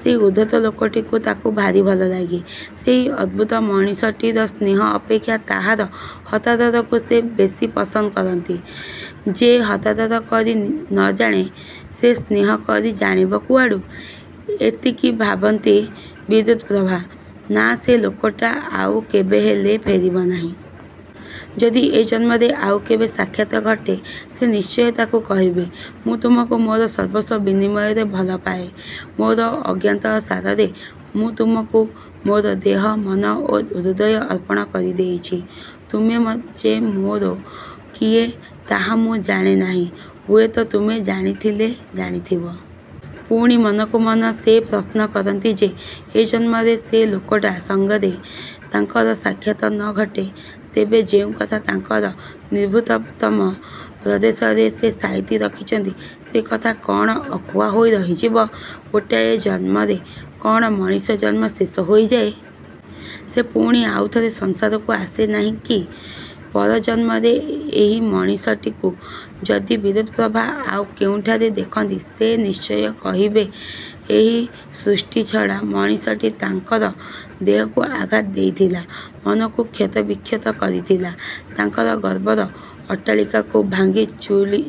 ସେହି ଉଦ୍ଧତ ଲୋକଟିକୁ ତାକୁ ଭାରି ଭଲଲାଗେ। ସେହି ଅଦ୍ଭୁତ ମଣିଷଟିର ସ୍ନେହ ଅପେକ୍ଷା ତାହାର ହତାଦରକୁ ସେ ବେଶି ପସନ୍ଦ କରନ୍ତି। ଯେ ହତାଦର କରି ନ ଜାଣେ, ସେ ସ୍ନେହକରି ଜାଣିବ କୁଆଡ଼ୁ? ଏତିକି ଭାବନ୍ତି ବିଦ୍ୟୁପ୍ରଭା। ନା, ସେ ଲୋକଟା ଆଉ କେବେହେଲେ ଫେରିବ ନାହିଁ। ଯଦି ଏ ଜନ୍ମରେ ଆଉ କେବେ ସାକ୍ଷାତ ଘଟେ ସେ ନିଶ୍ଚୟ ତାକୁ କହିବେ, ''ମୁଁ ତୁମକୁ ମୋର ସର୍ବସ୍ୱ ବିନିମୟରେ ଭଲପାଏ। ମୋର ଅଜ୍ଞାତସାରରେ ମୁଁ ତୁମକୁ ମୋର ଦେହ, ମନ ଓ ହୃଦୟ ଅର୍ପଣ କରିଦେଇଛି। ତୁମେ ଯେ ମୋର କିଏ ତାହା ମୁଁ ଜାଣେନାହିଁ, ହୁଏତ ତୁମେ ଜାଣିଥିଲେ ଜାଣିଥିବ। '' ପୁଣି ମନକୁ ମନ ସେ ପ୍ରଶ୍ନ କରନ୍ତି ଯଦି ଏ ଜନ୍ମରେ ସେ ଲୋକଟା ସଙ୍ଗରେ ତାଙ୍କର ସାକ୍ଷାତ ନ ଘଟେ ତେବେ ଯେଉଁକଥା ତାଙ୍କର ନିଭୃତତମ ପ୍ରଦେଶରେ ସେ ସାଇତି ରଖିଛନ୍ତି ସେ କଥା କ'ଣ ଅକୁହା ହୋଇ ରହିଯିବ? ଗୋଟିଏ ଜନ୍ମରେ କ'ଣ ମଣିଷ ଜନ୍ମ ଶେଷ ହୋଇଯାଏ? ସେ ପୁଣି ଆଉଥରେ ସଂସାରକୁ ଆସେ ନାହିଁ କି? ପରଜନ୍ମରେ ଏହି ମଣିଷଟିକୁ ଯଦି ବିଦ୍ୟୁପ୍ରଭା ଆଉ କେଉଁଠାରେ ଦେଖନ୍ତି ସେ ନିଶ୍ଚୟ କହିବେ ଏହି ସୃଷ୍ଟିଛଡ଼ା ମଣିଷଟି ତାଙ୍କର ଦେହକୁ ଆଘାତ ଦେଇଥିଲା। ମନକୁ କ୍ଷତବିକ୍ଷତ କରିଥିଲା। ତାଙ୍କର ଗର୍ବର ଅଟ୍ଟାଳିକାକୁ ଭାଙ୍ଗିଚୂରି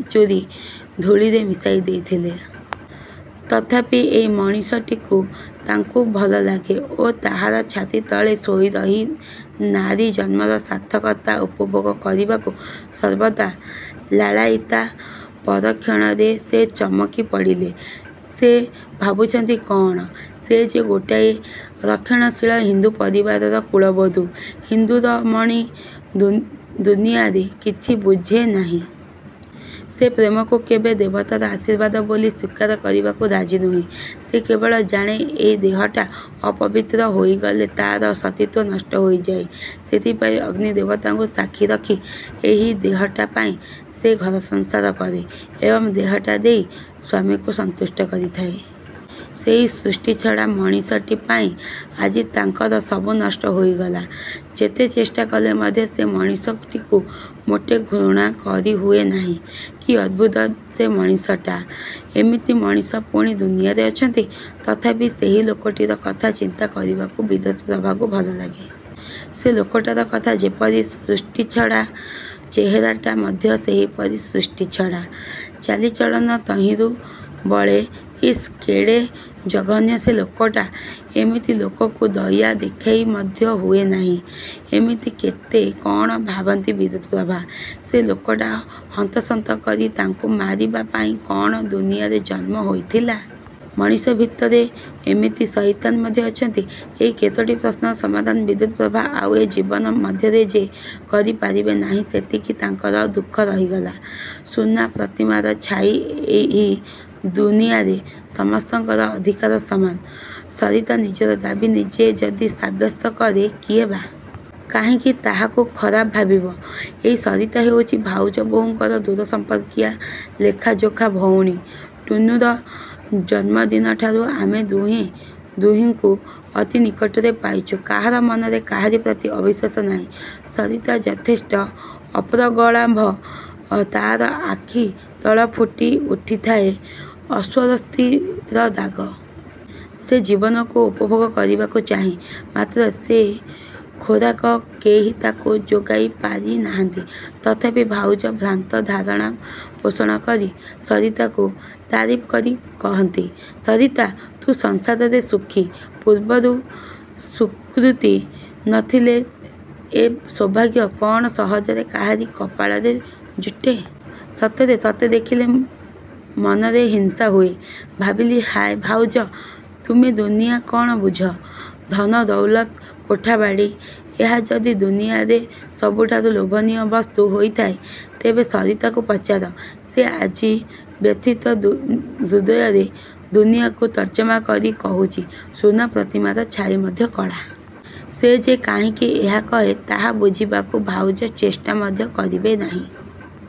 ଧୂଳିରେ ମିଶାଇ ଦେଇଥିଲା। ତଥାପି ଏହି ମଣିଷଟିକୁ ତାଙ୍କୁ ଭଲଲାଗେ ଓ ତାହାର ଛାତି ତଳରେ ଶୋଇରହି ନାରୀ ଜନ୍ମର ସାର୍ଥକତା ଉପଭୋଗ କରିବାକୁ ସର୍ବଦା ଲାଳାୟୀତା। ପରକ୍ଷଣରେ ସେ ଚମକି ପଡ଼ିଲେ। ସେ ଭାବୁଛନ୍ତି କ'ଣ? ସେ ଯେ ଗୋଟିଏ ରକ୍ଷଣଶୀଳ ହିନ୍ଦୁ ପରିବାରର କୁଳବଧୂ। ହିନ୍ଦୁରମଣୀ ଦୁନିଆରେ କିଛି ବୁଝେନାହିଁ। ସେ ପ୍ରେମକୁ କେବେ ଦେବତାର ଆଶୀର୍ବାଦ ବୋଲି ସ୍ୱୀକାର କରିବାକୁ ରାଜି ନୁହେଁ। ସେ କେବଳ ଜାଣେ ଏହି ଦେହଟା ଅପବିତ୍ର ହୋଇଗଲେ ତା'ର ସତୀତ୍ୱ ନଷ୍ଟ ହୋଇଯାଏ। ସେଥିପାଇଁ ଅଗ୍ନିଦେବତାଙ୍କୁ ସାକ୍ଷୀ ରଖି ଏହି ଦେହଟା ପାଇଁ ସେ ଘରସଂସାର କରେ ଏବଂ ଦେହଟା ଦେଇ ସ୍ୱାମୀକୁ ସନ୍ତୁଷ୍ଟ କରିଥାଏ। ସେହି ସୃଷ୍ଟିଛଡ଼ା ମଣିଷଟିପାଇଁ ଆଜି ତାଙ୍କର ସବୁ ନଷ୍ଟ ହୋଇଗଲା। ଯେତେ ଚେଷ୍ଟାକଲେ ମଧ୍ୟ ସେ ମଣିଷଟିକୁ ମୋଟେ ଘୃଣା କରିହୁଏ ନାହିଁ। କି ଅଦ୍ଭୁତ ସେ ମଣିଷଟା! ଏମିତି ମଣିଷ ପୁଣି ଦୁନିଆରେ ଅଛନ୍ତି? ତଥାପି ସେହି ଲୋକଟିର କଥା ଚିନ୍ତା କରିବାକୁ ବିଦ୍ୟୁପ୍ରଭାକୁ ଭଲଲାଗେ। ସେ ଲୋକଟାର କଥା ଯେପରି ସୃଷ୍ଟିଛଡ଼ା, ଚେହେରାଟା ମଧ୍ୟ ସେହିପରି ସୃଷ୍ଟିଛଡ଼ା। ଚାଲିଚଳନ ତହିଁରୁ ବଳେ। ଇସ୍, କେଡ଼େ ଜଘନ୍ୟ ସେ ଲୋକଟା। ଏମିତି ଲୋକକୁ ଦୟା ଦେଖାଇ ମଧ୍ୟ ହୁଏ ନାହିଁ। ଏମିତି କେତେ କ'ଣ ଭାବନ୍ତି ବିଦ୍ୟୁପ୍ରଭା। ସେ ଲୋକଟା ହନ୍ତସନ୍ତ କରି ତାଙ୍କୁ ମାରିବା ପାଇଁ କ'ଣ ଦୁନିଆରେ ଜନ୍ମ ହୋଇଥିଲା-? ମଣିଷ ଭିତରେ ଏମିତି ସୟତାନ୍ ମଧ୍ୟ ଅଛନ୍ତି? ଏହି କେତୋଟି ପ୍ରଶ୍ନର ସମାଧାନ ବିଦ୍ୟୁପ୍ରଭା ଆଉ ଏ ଜୀବନ ମଧ୍ୟରେ ଯେ କରିପାରିବେ ନାହିଁ ସେତିକି ତାଙ୍କର ଦୁଃଖ ରହିଗଲା। ସୁନା ପ୍ରତିମାର ଛାଇ ଏହି ଦୁନିଆରେ ସମସ୍ତଙ୍କର ଅଧିକାର ସମାନ। ସରିତା ନିଜର ଦାବି ନିଜେ ଯଦି ସାବ୍ୟସ୍ତ କରେ କିଏ ବା। କାହିଁକି ତାହାକୁ ଖରାପ ଭାବିବ? ଏହି ସରିତା ହେଉଛି ଭାଉଜ ବୋହୂଙ୍କର ଦୂରସମ୍ପର୍କୀୟା ଲେଖାଯୋଖା ଭଉଣୀ। ଟୁନୁର ଜନ୍ମଦିନଠାରୁ ଆମେ ଦୁହେଁ ଦୁହିଁଙ୍କୁ ଅତି ନିକଟରେ ପାଇଛୁଁ। କାହାରି ମନରେ କାହାରି ପ୍ରତି ଅବିଶ୍ୱାସ ନାହିଁ। ସରିତା ଯଥେଷ୍ଟ ଅପ୍ରଗଳ୍ଭା। ତା'ର ଆଖି ତଳେ ଫୁଟି ଉଠିଥାଏ ଅସ୍ୱସ୍ତିର ଦାଗ। ସେ ଜୀବନକୁ ଉପଭୋଗ କରିବାକୁ ଚାହେଁ, ମାତ୍ର ସେ ଖୋରାକ କେହି ତାକୁ ଯୋଗାଇ ପାରିନାହାନ୍ତି। ତଥାପି ଭାଉଜ ଭ୍ରାନ୍ତ ଧାରଣା ପୋଷଣକରି ସରିତାକୁ ତାରିଫ୍ କରି କହନ୍ତି, ''ସରିତା! ତୁ ସଂସାରରେ ସୁଖୀ। ପୂର୍ବରୁ ସୁକୃତି ନ ଥିଲେ ଏ ସୌଭାଗ୍ୟ କ'ଣ ସହଜରେ କାହାରି କପାଳରେ ଯୁଟେ? ସତରେ ତୋତେ ଦେଖିଲେ ମନରେ ହିଂସା ହୁଏ। '' ଭାବିଲି ହାୟ ଭାଉଜ! ତୁମେ ଦୁନିଆ କ'ଣ ବୁଝ? ଧନ, ଦୌଲତ, କୋଠା-ବାଡ଼ି, ଏହା ଯଦି ଦୁନିଆରେ ସବୁଠାରୁ ଲୋଭନୀୟ ବସ୍ତୁ ହୋଇଥାଏ ତେବେ ସରିତାକୁ ପଚାର, ସେ ଆଜି ବ୍ୟଥିତ ହୃଦୟରେ ଦୁନିଆକୁ ତର୍ଜମା କରି କହୁଛି ସୁନା ପ୍ରତିମାର ଛାଇ ମଧ୍ୟ କଳା। ସେ ଯେ କାହିଁକି ଏହା କହେ ତାହା ବୁଝିବାକୁ ଭାଉଜ ଚେଷ୍ଟା ମଧ୍ୟ କରିବେ ନାହିଁ।